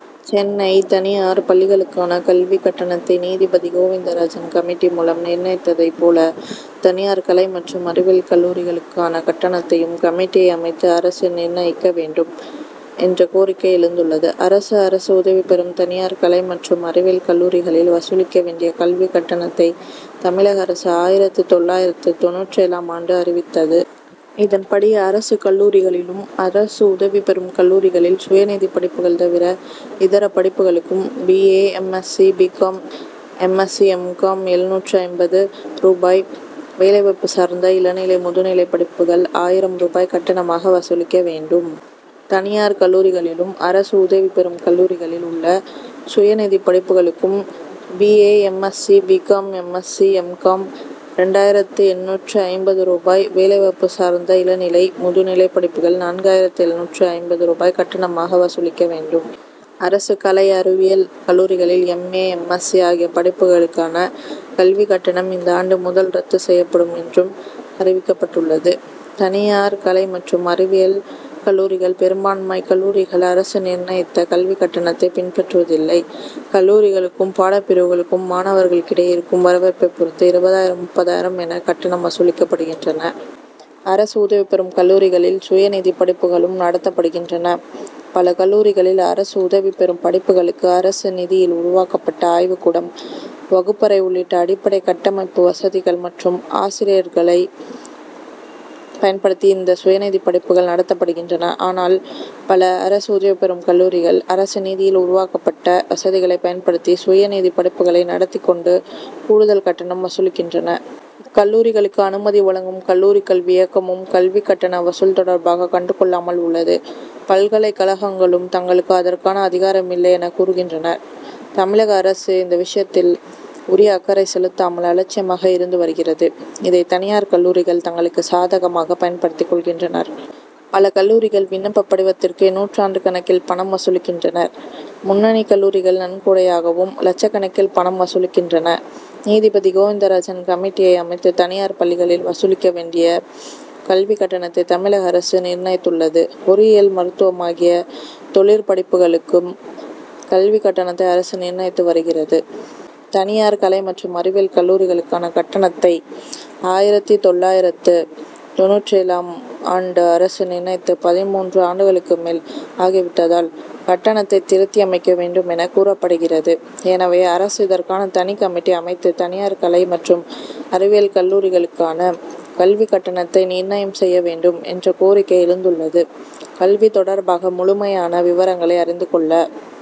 சென்னை தனியார் பள்ளிகளுக்கான கல்விக் கட்டணத்தை நீதிபதி கோவிந்தராஜன் கமிட்டி மூலம் நிர்ணயித்ததைப் போல, தனியார் கலை மற்றும் அறிவியல் கல்லூரிகளுக்கான கட்டணத்தையும் கமிட்டியை அமைத்து அரசு நிர்ணயிக்க வேண்டும் என்ற கோரிக்கை எழுந்துள்ளது. அரசு, அரசு உதவிபெறும், தனியார் கலை மற்றும் அறிவியல் கல்லூரிகளில் வசூலிக்க வேண்டிய கல்விக் கட்டணத்தை தமிழக அரசு, ஆயிரத்து தொள்ளாயிரத்து தொண்ணூற்றேழாம் ஆண்டு அறிவித்தது. இதன்படி, அரசு கல்லூரிகளிலும், அரசு உதவிபெறும் கல்லூரிகளில் சுயநிதிப் படிப்புகள் தவிர இதர படிப்புகளுக்கும் B. A., M. S C., B. Com., M. S C., M. Com., எழுநூற்று ஐம்பது ரூபாய், வேலைவாய்ப்பு சார்ந்த இளநிலை, முதுநிலை படிப்புகள் ஆயிரம் ரூபாய் கட்டணமாக வசூலிக்க வேண்டும். தனியார் கல்லூரிகளிலும், அரசு உதவிபெறும் கல்லூரிகளில் உள்ள சுயநிதி படிப்புகளுக்கும் B. A., M. S C., B. Com., M. S C., M. Com., இரண்டாயிரத்து எண்ணூற்று ஐம்பது ரூபாய், வேலைவாய்ப்பு சார்ந்த இளநிலை, முதுநிலை படிப்புகள் நான்காயிரத்து எழுநூற்று ஐம்பது ரூபாய் கட்டணமாக வசூலிக்க வேண்டும். அரசு கலை அறிவியல் கல்லூரிகளில் எம். ஏ. எம். எஸ்சி., ஆகிய படிப்புகளுக்கான கல்விக் கட்டணம் இந்த ஆண்டு முதல் ரத்து செய்யப்படும் என்றும் அறிவிக்கப்பட்டுள்ளது. தனியார் கலை மற்றும் அறிவியல் கல்லூரிகள், பெரும்பான்மை கல்லூரிகள் அரசு நிர்ணயித்த கல்விக் கட்டணத்தை பின்பற்றுவதில்லை. கல்லூரிகளுக்கும், பாடப்பிரிவுகளுக்கும் மாணவர்களிடையே இருக்கும் வரவேற்பைப் பொறுத்து, இருபதாயிரம், முப்பதாயிரம் என கட்டணம் வசூலிக்கின்றன. அரசு உதவிபெறும் கல்லூரிகளில், சுயநிதி படிப்புகளும் நடத்தப்படுகின்றன. பல கல்லூரிகளில் அரசு உதவிபெறும் படிப்புகளுக்கு அரசு நிதியில் உருவாக்கப்பட்ட ஆய்வுக்கூடம், வகுப்பறை உள்ளிட்ட அடிப்படை கட்டமைப்பு வசதிகள் மற்றும் ஆசிரியர்களை பயன்படுத்தி, இந்த சுயநிதிப் படிப்புகள் நடத்தப்படுகின்றன. ஆனால், பல அரசு உதவிபெறும் கல்லூரிகள், அரசு நிதியில் உருவாக்கப்பட்ட வசதிகளை பயன்படுத்தி சுயநிதி படிப்புகளை நடத்திக் கொண்டு கூடுதல் கட்டணம் வசூலிக்கின்றன. இக்கல்லூரிகளுக்கு அனுமதி வழங்கும் கல்லூரிக் கல்வி இயக்ககமும் கல்விக் கட்டண வசூல் தொடர்பாக கண்டுகொள்ளாமல் உள்ளது. பல்கலைக் கழகங்களும் தங்களுக்கு அதற்கான அதிகாரம் இல்லை என கூறுகின்றன. தமிழக அரசு இந்த விஷயத்தில் உரிய அக்கறை செலுத்தாமல், அலட்சியமாக இருந்து வருகிறது. இதை தனியார் கல்லூரிகள் தங்களுக்கு சாதகமாக பயன்படுத்திக் கொள்கின்றனர். பல கல்லூரிகள் விண்ணப்பப் படிவத்திற்கே, நூற்றுக்கணக்கில் பணம் வசூலிக்கின்றன. முன்னணி கல்லூரிகள் நன்கொடையாகவும் லட்சக்கணக்கில் பணம் வசூலிக்கின்றன. நீதிபதி கோவிந்தராஜன் கமிட்டியை அமைத்து, தனியார் பள்ளிகளில் வசூலிக்க வேண்டிய கல்விக் கட்டணத்தை தமிழக அரசு நிர்ணயித்துள்ளது. பொறியியல், மருத்துவம் ஆகிய தொழிற்படிப்புகளுக்கும் கல்விக் கட்டணத்தை அரசு நிர்ணயித்து வருகிறது. தனியார் கலை மற்றும் அறிவியல் கல்லூரிகளுக்கான கட்டணத்தை ஆயிரத்து தொள்ளாயிரத்து தொண்ணூற்றேழாம் ஆண்டு அரசு நிர்ணயித்து, பதின்மூன்று ஆண்டுகளுக்கும் மேல் ஆகிவிட்டதால், கட்டணத்தை திருத்தியமைக்க வேண்டும் என கூறப்படுகிறது. எனவே அரசு இதற்காக தனிக் கமிட்டி அமைத்து, தனியார் கலை மற்றும் அறிவியல் கல்லூரிகளுக்கான கல்விக் கட்டணத்தை நிர்ணயம் செய்ய வேண்டும் என்ற கோரிக்கை எழுந்துள்ளது. கல்வி தொடர்பாக முழுமையான விவரங்களை அறிந்து கொள்ள